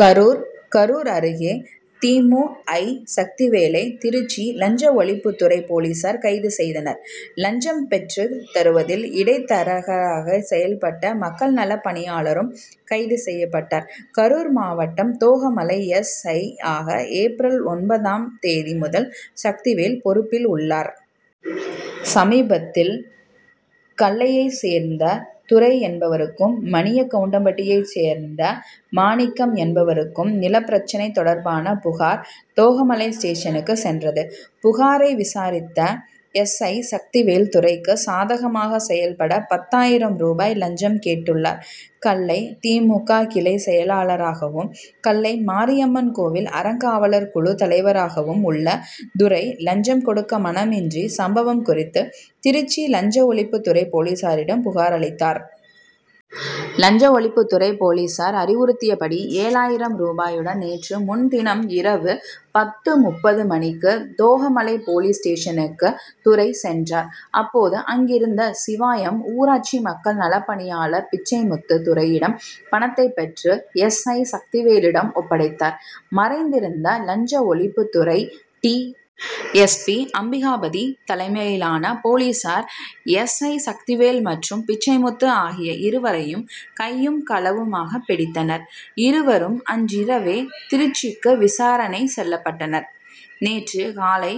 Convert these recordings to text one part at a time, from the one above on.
கரூர் கரூர் அருகே தி. மு. ஐ. சக்திவேலை திருச்சி லஞ்ச ஒழிப்புத்துறை போலீசார் கைது செய்தனர். லஞ்சம் பெற்றுத் தருவதில் இடைத்தரகராக செயல்பட்ட மக்கள் நலப் பணியாளரும் கைது செய்யப்பட்டார். கரூர் மாவட்டம் தோகமலை எஸ். ஐ.யாக ஏப்ரல் ஒன்பதாம் தேதி முதல் சக்திவேல் பொறுப்பில் உள்ளார். சமீபத்தில் கள்ளையைச் சேர்ந்த துரை என்பவருக்கும் மணிய கவுண்டம்பட்டியைச் சேர்ந்த மாணிக்கம் என்பவருக்கும் நிலப்பிரச்னை தொடர்பான புகார் தோகமலை ஸ்டேஷனுக்கு சென்றது. புகாரை விசாரித்த எஸ். ஐ. சக்திவேல் துரைக்கு சாதகமாக செயல்பட பத்தாயிரம் ரூபாய் லஞ்சம் கேட்டுள்ளார். கள்ளை தி. மு. க. கிளை செயலராகவும் கள்ளை மாரியம்மன் கோவில் அறங்காவலர் குழு தலைவராகவும் உள்ள துரை லஞ்சம் கொடுக்க மனமின்றி சம்பவம் குறித்து திருச்சி லஞ்ச ஒழிப்புத்துறை போலீசாரிடம் புகார் அளித்தார். லஞ்ச ஒழிப்புத் துறை போலீசார் அறிவுறுத்தியபடி ஏழாயிரம் ரூபாயுடன் நேற்று முன்தினம் இரவு பத்து முப்பது மணிக்கு தோகமலை போலீஸ் ஸ்டேஷனுக்கு துரை சென்றார். அப்போது அங்கிருந்த சிவாயம் ஊராட்சி மக்கள் நலப்பணியாளர் பிச்சைமுத்து துரையிடம் பணத்தை பெற்று எஸ். ஐ. சக்திவேலிடம் ஒப்படைத்தார். மறைந்திருந்த லஞ்ச ஒழிப்புத்துறை டி. எஸ். பி. அம்பிகாபதி தலைமையிலான போலீசார் எஸ். ஐ. சக்திவேல் மற்றும் பிச்சைமுத்து ஆகிய இருவரையும் கையும் களவுமாக பிடித்தனர். இருவரும் அன்றிரவே திருச்சிக்கு விசாரணைக்கு செல்லப்பட்டனர். நேற்று காலை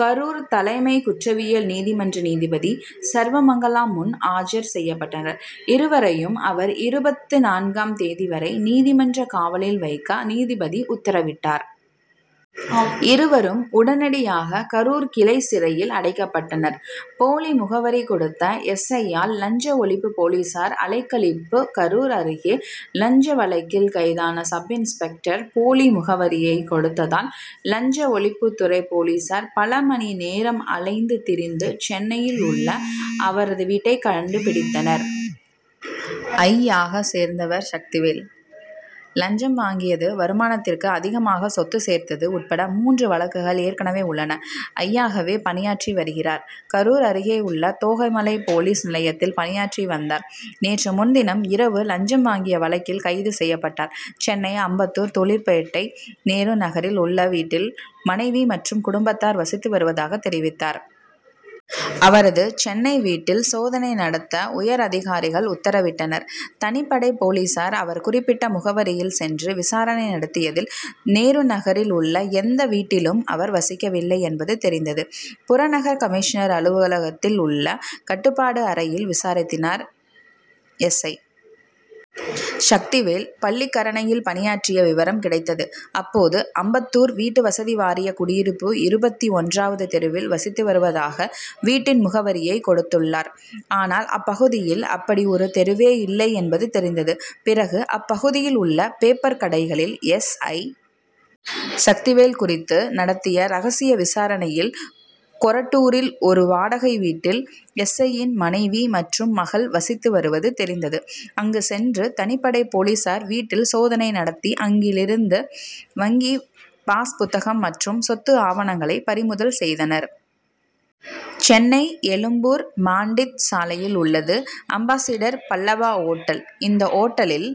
கரூர் தலைமை குற்றவியல் நீதிமன்ற நீதிபதி சர்வமங்களா முன் ஆஜர் செய்யப்பட்டனர். இருவரையும் வரும் இருபத்து நான்காம் தேதி வரை நீதிமன்ற காவலில் வைக்க நீதிபதி உத்தரவிட்டார். இருவரும் உடனடியாக கரூர் கிளை சிறையில் அடைக்கப்பட்டனர். போலி முகவரி கொடுத்த எஸ். ஐ.யால் லஞ்ச ஒழிப்பு போலீசார் அலைக்கழிப்பு கரூர் அருகே லஞ்ச வழக்கில் கைதான சப்-இன்ஸ்பெக்டர் போலி முகவரியை கொடுத்ததால் லஞ்ச ஒழிப்புத்துறை போலீசார் பல மணி நேரம் அலைந்து திரிந்து சென்னையில் உள்ள அவரது வீட்டை கண்டுபிடித்தனர். ஐ.யாக சேர்ந்தவர் சக்திவேல். லஞ்சம் வாங்கியது வருமானத்திற்கு அதிகமாக சொத்து சேர்த்தது உட்பட மூன்று வழக்குகள் ஏற்கனவே உள்ளன. ஐ.யாகவே பணியாற்றி வருகிறார். கரூர் அருகேயுள்ள தோகைமலை போலீஸ் நிலையத்தில் பணியாற்றி வந்தார். நேற்று முன்தினம் இரவு லஞ்சம் வாங்கிய வழக்கில் கைது செய்யப்பட்டார். சென்னை அம்பத்தூர் தொழிற்பேட்டை நேரு நகரில் உள்ள வீட்டில் மனைவி மற்றும் குடும்பத்தார் வசித்து வருவதாக தெரிவித்தார். அவரது சென்னை வீட்டில் சோதனை நடத்த உயர் அதிகாரிகள் உத்தரவிட்டனர். தனிப்படை போலீசார் அவர் குறிப்பிட்ட முகவரியில் சென்று விசாரணை நடத்தியதில் நேருநகரில் உள்ள எந்த வீட்டிலும் அவர் வசிக்கவில்லை என்பது தெரிந்தது. புறநகர் கமிஷனர் அலுவலகத்தில் உள்ள கட்டுப்பாடு அறையில் விசாரித்தனர். எஸ். ஐ. சக்திவேல் பள்ளிக்கரணையில் பணியாற்றிய விவரம் கிடைத்தது. அப்போது அம்பத்தூர் வீட்டுவசதி வாரிய குடியிருப்பு இருபத்தி ஒன்றாவது தெருவில் வசித்து வருவதாக வீட்டின் முகவரியை கொடுத்துள்ளார். ஆனால் அப்பகுதியில் அப்படி ஒரு தெருவே இல்லை என்பது தெரிந்தது. பிறகு அப்பகுதியில் உள்ள பேப்பர் கடைகளில் எஸ். ஐ. சக்திவேல் குறித்து நடத்திய ரகசிய விசாரணையில் கொரட்டூரில் ஒரு வாடகை வீட்டில் எஸ். ஐ.யின் மனைவி மற்றும் மகள் வசித்து வருவது தெரிந்தது. அங்கு சென்ற தனிப்படை போலீசார் வீட்டில் சோதனை நடத்தி அங்கிலிருந்த வங்கி பாஸ் புத்தகம் மற்றும் சொத்து ஆவணங்களை பறிமுதல் செய்தனர். சென்னை எழும்பூர் மாண்டீத் சாலையில் உள்ளது அம்பாசிடர் பல்லவா ஓட்டல். இந்த ஓட்டலில்